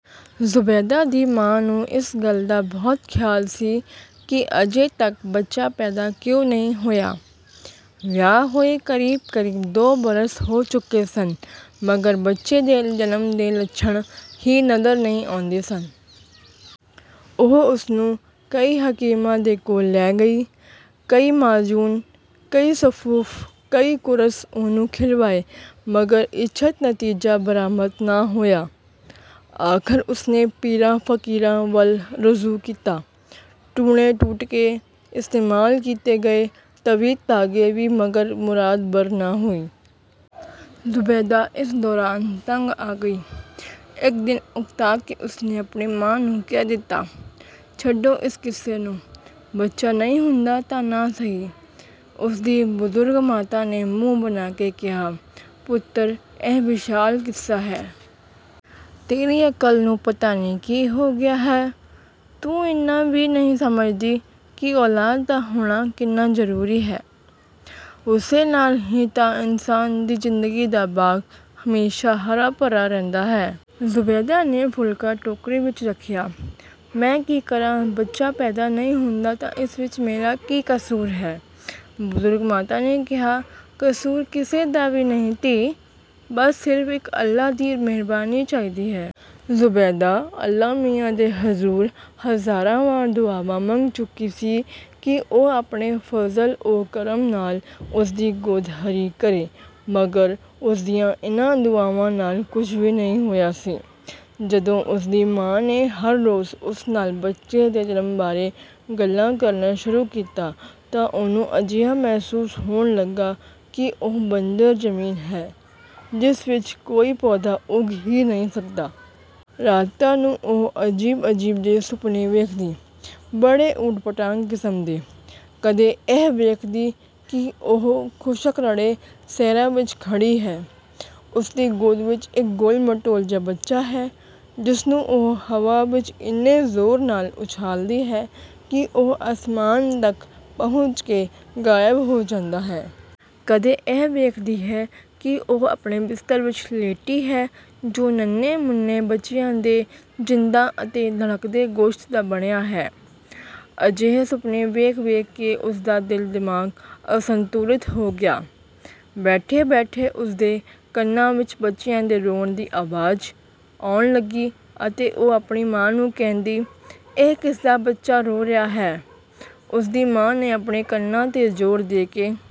ਜ਼ੁਬੈਦਾ ਦੀ ਮਾਂ ਨੂੰ ਇਸ ਗੱਲ ਦਾ ਬਹੁਤ ਖ਼ਿਆਲ ਸੀ ਕਿ ਅਜੇ ਤੱਕ ਬੱਚਾ ਪੈਦਾ ਕਿਉਂ ਨਹੀਂ ਹੋਇਆ। ਵਿਆਹ ਹੋਏ ਕਰੀਬ-ਕਰੀਬ ਦੋ ਬਰਸ ਹੋ ਚੁੱਕੇ ਸਨ, ਮਗਰ ਬੱਚੇ ਦੇ ਜਨਮ ਦੇ ਲੱਛਣ ਹੀ ਨਜ਼ਰ ਨਹੀਂ ਆਉਂਦੇ ਸਨ। ਉਹ ਉਸਨੂੰ ਕਈ ਹਕੀਮਾਂ ਦੇ ਕੋਲ ਲੈ ਗਈ। ਕਈ ਮਾਜੂਨ, ਕਈ ਸਫੂਫ਼, ਕਈ ਕੁਰਸ ਉਹਨੂੰ ਖਿਲਵਾਏ, ਮਗਰ ਇੱਛਤ ਨਤੀਜਾ ਬਰਾਮਦ ਨਾ ਹੋਇਆ। ਆਖ਼ਰ ਉਸਨੇ ਪੀਰਾਂ-ਫ਼ਕੀਰਾਂ ਵੱਲ ਰੁਜੂ ਕੀਤਾ। ਟੂਣੇ-ਟੋਟਕੇ ਇਸਤੇਮਾਲ ਕੀਤੇ ਗਏ, ਤਵੀਤ, ਧਾਗੇ ਵੀ, ਮਗਰ ਮੁਰਾਦ ਬਰ ਨਾ ਆਈ। ਜ਼ੁਬੈਦਾ ਇਸ ਦੌਰਾਨ ਤੰਗ ਆ ਗਈ। ਇੱਕ ਦਿਨ ਉਕਤਾ ਕੇ ਉਸਨੇ ਆਪਣੀ ਮਾਂ ਨੂੰ ਕਹਿ ਦਿੱਤਾ, "ਛੱਡੋ ਇਸ ਕਿੱਸੇ ਨੂੰ, ਬੱਚਾ ਨਹੀਂ ਹੁੰਦਾ ਤਾਂ ਨਾ ਸਹੀ।" ਉਸਦੀ ਬਜ਼ੁਰਗ ਮਾਤਾ ਨੇ ਮੂੰਹ ਬਨਾ ਕੇ ਕਿਹਾ, "ਪੁੱਤਰ, ਇਹ ਵਿਸ਼ਾਲ ਕਿੱਸਾ ਹੈ। ਤੇਰੀ ਅਕਲ ਨੂੰ ਪਤਾ ਨਹੀਂ ਕੀ ਹੋ ਗਿਆ ਹੈ। ਤੂੰ ਇੰਨਾ ਵੀ ਨਹੀਂ ਸਮਝਦੀ ਕਿ ਔਲਾਦ ਦਾ ਹੋਣਾ ਕਿੰਨਾ ਜ਼ਰੂਰੀ ਹੈ। ਉਸੇ ਨਾਲ਼ ਹੀ ਤਾਂ ਇਨਸਾਨ ਦੀ ਜ਼ਿੰਦਗੀ ਦਾ ਬਾਗ਼ ਹਮੇਸ਼ਾ ਹਰਾ-ਭਰਾ ਰਹਿੰਦਾ ਹੈ।" ਜ਼ੁਬੈਦਾ ਨੇ ਫੁਲਕਾ ਟੋਕਰੀ ਵਿੱਚ ਰੱਖਿਆ, "ਮੈਂ ਕੀ ਕਰਾਂ। ਬੱਚਾ ਪੈਦਾ ਨਹੀਂ ਹੁੰਦਾ ਤਾਂ ਇਸ ਵਿੱਚ ਮੇਰਾ ਕੀ ਕਸੂਰ ਹੈ।" ਬਜ਼ੁਰਗ ਮਾਤਾ ਨੇ ਕਿਹਾ, "ਕਸੂਰ ਕਿਸੇ ਦਾ ਵੀ ਨਹੀਂ ਧੀ। ਬਸ ਸਿਰਫ਼ ਇੱਕ ਅੱਲ੍ਹਾ ਦੀ ਮਿਹਰਬਾਨੀ ਚਾਹੀਦੀ ਹੈ।" ਜ਼ੁਬੈਦਾ ਅੱਲ੍ਹਾ ਮੀਆਂ ਦੇ ਹੁਜ਼ੂਰ ਹਜ਼ਾਰਾਂ ਵਾਰ ਦੁਆਵਾਂ ਮੰਗ ਚੁੱਕੀ ਸੀ ਕਿ ਉਹ ਆਪਣੇ ਫਜ਼ਲ-ਓ-ਕਰਮ ਨਾਲ਼ ਉਸਦੀ ਗੋਦ ਹਰੀ ਕਰੇ, ਮਗਰ ਉਸਦੀਆਂ ਇਨ੍ਹਾਂ ਦੁਆਵਾਂ ਨਾਲ਼ ਕੁਝ ਵੀ ਨਹੀਂ ਹੋਇਆ ਸੀ। ਜਦੋਂ ਉਸਦੀ ਮਾਂ ਨੇ ਹਰ ਰੋਜ਼ ਉਸ ਨਾਲ਼ ਬੱਚੇ ਦੇ ਜਨਮ ਬਾਰੇ ਗੱਲਾਂ ਕਰਨਾ ਸ਼ੁਰੂ ਕੀਤਾ, ਤਾਂ ਉਹਨੂੰ ਅਜਿਹਾ ਮਹਿਸੂਸ ਹੋਣ ਲੱਗਾ ਕਿ ਉਹ ਬੰਜਰ ਜ਼ਮੀਨ ਹੈ, ਜਿਸ ਵਿੱਚ ਕੋਈ ਪੌਦਾ ਉੱਗ ਹੀ ਨਹੀਂ ਸਕਦਾ। ਰਾਤਾਂ ਨੂੰ ਉਹ ਅਜੀਬ-ਅਜੀਬ ਜਿਹੇ ਸੁਪਨੇ ਵੇਖਦੀ। ਬੜੇ ਊਟਪਟਾਂਗ ਕਿਸਮ ਦੇ। ਕਦੇ ਇਹ ਵੇਖਦੀ ਕਿ ਉਹ ਖੁਸ਼ਕ-ਰੜੇ ਸਹਿਰਾ ਵਿੱਚ ਖੜੀ ਹੈ। ਉਸਦੀ ਗੋਦ ਵਿੱਚ ਇੱਕ ਗੋਲ-ਮਟੋਲ ਜਿਹਾ ਬੱਚਾ ਹੈ, ਜਿਸ ਨੂੰ ਉਹ ਹਵਾ ਵਿੱਚ ਇੰਨੇ ਜ਼ੋਰ ਨਾਲ਼ ਉਛਾਲਦੀ ਹੈ ਕਿ ਉਹ ਅਸਮਾਨ ਤੱਕ ਪਹੁੰਚ ਕੇ ਗ਼ਾਇਬ ਹੋ ਜਾਂਦਾ ਹੈ। ਕਦੇ ਇਹ ਵੇਖਦੀ ਕਿ ਉਹ ਆਪਣੇ ਬਿਸਤਰ ਵਿੱਚ ਲੇਟੀ ਹੈ ਜੋ ਨੰਨ੍ਹੇ-ਮੁੰਨੇ ਬੱਚਿਆਂ ਦੇ ਜ਼ਿੰਦਾ ਅਤੇ ਧੜਕਦੇ ਗੋਸ਼ਤ ਦਾ ਬਣਿਆ ਹੈ। ਅਜਿਹੇ ਸੁਪਨੇ ਵੇਖ-ਵੇਖ ਕੇ ਉਸਦਾ ਦਿਲ-ਦਿਮਾਗ਼ ਅਸੰਤੁਲਿਤ ਹੋ ਗਿਆ। ਬੈਠੇ-ਬੈਠੇ ਉਸਦੇ ਕੰਨਾਂ ਵਿੱਚ ਬੱਚਿਆਂ ਦੇ ਰੋਣ ਦੀ ਆਵਾਜ਼ ਆਉਣ ਲੱਗੀ, ਅਤੇ ਉਹ ਆਪਣੀ ਮਾਂ ਨੂੰ ਕਹਿੰਦੀ, "ਇਹ ਕਿਸਦਾ ਬੱਚਾ ਰੋ ਰਿਹਾ ਹੈ?" ਉਸਦੀ ਮਾਂ ਨੇ ਆਪਣੇ ਕੰਨਾਂ ਤੇ ਜ਼ੋਰ ਦੇ ਕੇ